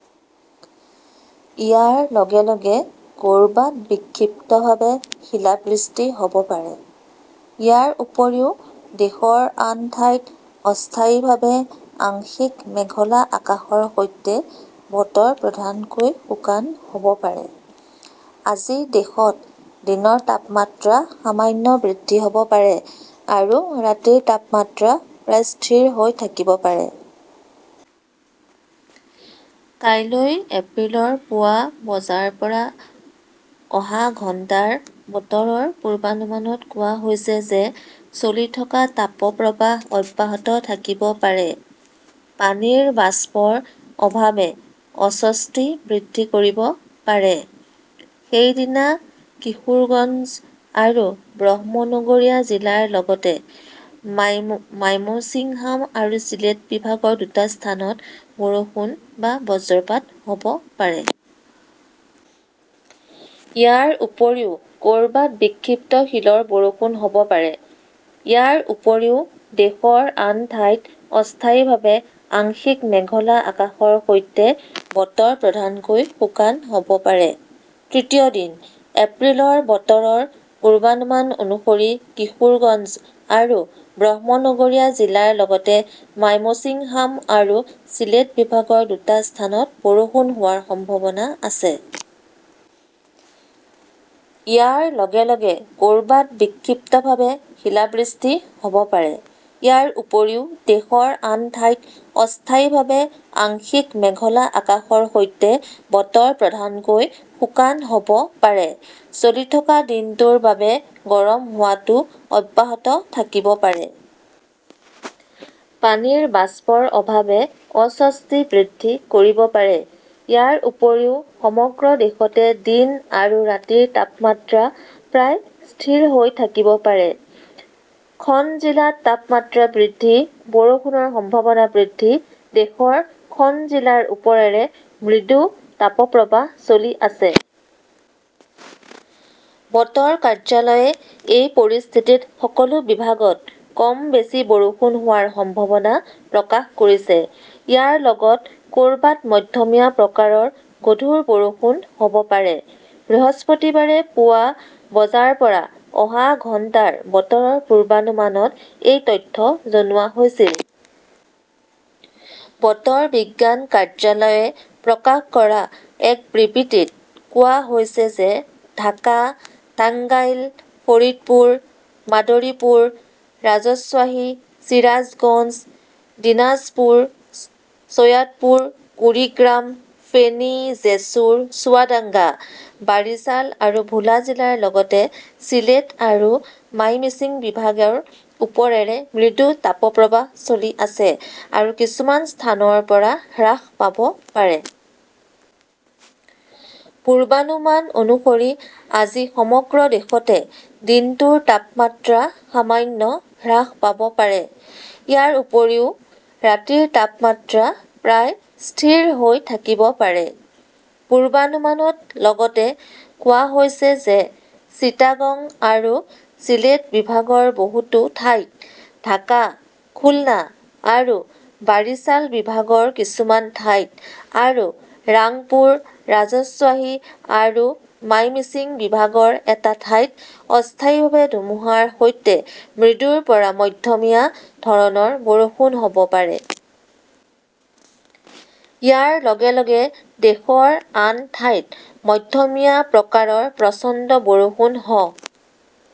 ইয়াৰ লগে লগে ক "ৰবাত বিক্ষিপ্তভাৱে শিলাবৃষ্টি হ" ব পাৰে। ইয়াৰ উপৰিও, দেশৰ আন ঠাইত অস্থায়ীভাৱে আংশিক মেঘলা আকাশৰ সৈতে বতৰ প্ৰধানকৈ শুকান হ 'ব পাৰে। আজি দেশত দিনৰ তাপমাত্ৰা সামান্য বৃদ্ধি হ "ব পাৰে আৰু ৰাতিৰ তাপমাত্ৰা প্ৰায় স্থিৰ হৈ থাকিব পাৰে। কাইলৈ এপ্ৰিলৰ পুৱা বজাৰ পৰা অহা ঘণ্টাৰ বতৰৰ পূৰ্বানুমানত কোৱা হৈছে যে চলি থকা তাপপ্ৰবাহ অব্যাহত থাকিব পাৰে। পানীৰ বাষ্পৰ অভাৱে অস্বস্তি বৃদ্ধি কৰিব পাৰে। সেইদিনা কিশোৰগঞ্জ আৰু ব্ৰহ্মনগৰিয়া জিলাৰ লগতে মাইমশ্বিংহাম আৰু চিলেট বিভাগৰ দুটা স্থানত বৰষুণ বা বজ্ৰপাত হ "ব পাৰে। ইয়াৰ উপৰিও ক "ৰবাত বিক্ষিপ্ত শিলৰ বৰষুণ হ" ব পাৰে। ইয়াৰ উপৰিও, দেশৰ আন ঠাইত অস্থায়ীভাৱে আংশিক মেঘলা আকাশৰ সৈতে বতৰ প্ৰধানকৈ শুকান হ 'ব পাৰে। তৃতীয় দিন, এপ্ৰিলৰ বতৰৰ পূৰ্বানুমান অনুসৰি, কিশোৰগঞ্জ আৰু ব্ৰহ্মনগৰিয়া জিলাৰ লগতে মাইমশ্বিংহাম আৰু চিলেট বিভাগৰ দুটা স্থানত বৰষুণ হোৱাৰ সম্ভাৱনা আছে। ইয়াৰ লগে লগে ক "ৰবাত বিক্ষিপ্তভাৱে শিলাবৃষ্টি হ" ব পাৰে। ইয়াৰ উপৰিও, দেশৰ আন ঠাইত অস্থায়ীভাৱে আংশিক মেঘলা আকাশৰ সৈতে বতৰ প্ৰধানকৈ শুকান হ 'ব পাৰে। চলি থকা দিনটোৰ বাবে গৰম হোৱাটো অব্যাহত থাকিব পাৰে। পানীৰ বাষ্পৰ অভাৱে অস্বস্তি বৃদ্ধি কৰিব পাৰে। ইয়াৰ উপৰিও সমগ্ৰ দেশতে দিন আৰু ৰাতিৰ তাপমাত্ৰা প্ৰায় স্থিৰ হৈ থাকিব পাৰে। খন জিলাত তাপমাত্ৰা বৃদ্ধি, বৰষুণৰ সম্ভাৱনা বৃদ্ধি দেশৰ খন জিলাৰ ওপৰেৰে মৃদু তাপপ্ৰবাহ চলি আছে। বতৰ কাৰ্যালয়ে এই পৰিস্থিতিত সকলো বিভাগত কম বেছি বৰষুণ হোৱাৰ সম্ভাৱনা প্ৰকাশ কৰিছে। ইয়াৰ লগত ক "ৰবাত মধ্যমীয়া প্ৰকাৰৰ গধুৰ বৰষুণ হ" ব পাৰে। বৃহস্পতিবাৰে পুৱা বজাৰ পৰা অহা ঘণ্টাৰ বতৰৰ পূৰ্বানুমানত এই তথ্য জনোৱা হৈছিল। বতৰ বিজ্ঞান কাৰ্যালয়ে প্ৰকাশ কৰা এক বিবৃতিত কোৱা হৈছে যে ঢাকা, টাঙ্গাইল, ফৰিদপুৰ, মাদৰীপুৰ, ৰাজশ্বাহী, চিৰাজগঞ্জ, দিনাজপুৰ, চৈয়াদপুৰ, কুৰিগ্ৰাম, ফেনী, জেছুৰ, চুৱাদাঙ্গা, বাৰিছাল আৰু ভোলা জিলাৰ লগতে চিলেট আৰু মাইমিংছিং বিভাগৰ ওপৰেৰে মৃদু তাপপ্ৰবাহ চলি আছে আৰু কিছুমান স্থানৰ পৰা হ্ৰাস পাব পাৰে। পূৰ্বানুমান অনুসৰি আজি সমগ্ৰ দেশতে দিনটোৰ তাপমাত্ৰা সামান্য হ্ৰাস পাব পাৰে। ইয়াৰ উপৰিও, ৰাতিৰ তাপমাত্ৰা প্ৰায় স্থিৰ হৈ থাকিব পাৰে। পূৰ্বানুমানত লগতে কোৱা হৈছে যে চিটাগং আৰু চিলেট বিভাগৰ বহুতো ঠাইত, ঢাকা, খুলনা আৰু বাৰিছাল বিভাগৰ কিছুমান ঠাইত আৰু ৰাংপুৰ, ৰাজশ্বাহী আৰু মাইমিংছিং বিভাগৰ এটা ঠাইত অস্থায়ীভাৱে ধুমুহাৰ সৈতে মৃদুৰ পৰা মধ্যমীয়া ধৰণৰ বৰষুণ হ 'ব পাৰে। ইয়াৰ লগে লগে দেশৰ আন ঠাইত মধ্যমীয়া প্ৰকাৰৰ প্ৰচণ্ড বৰষুণ হ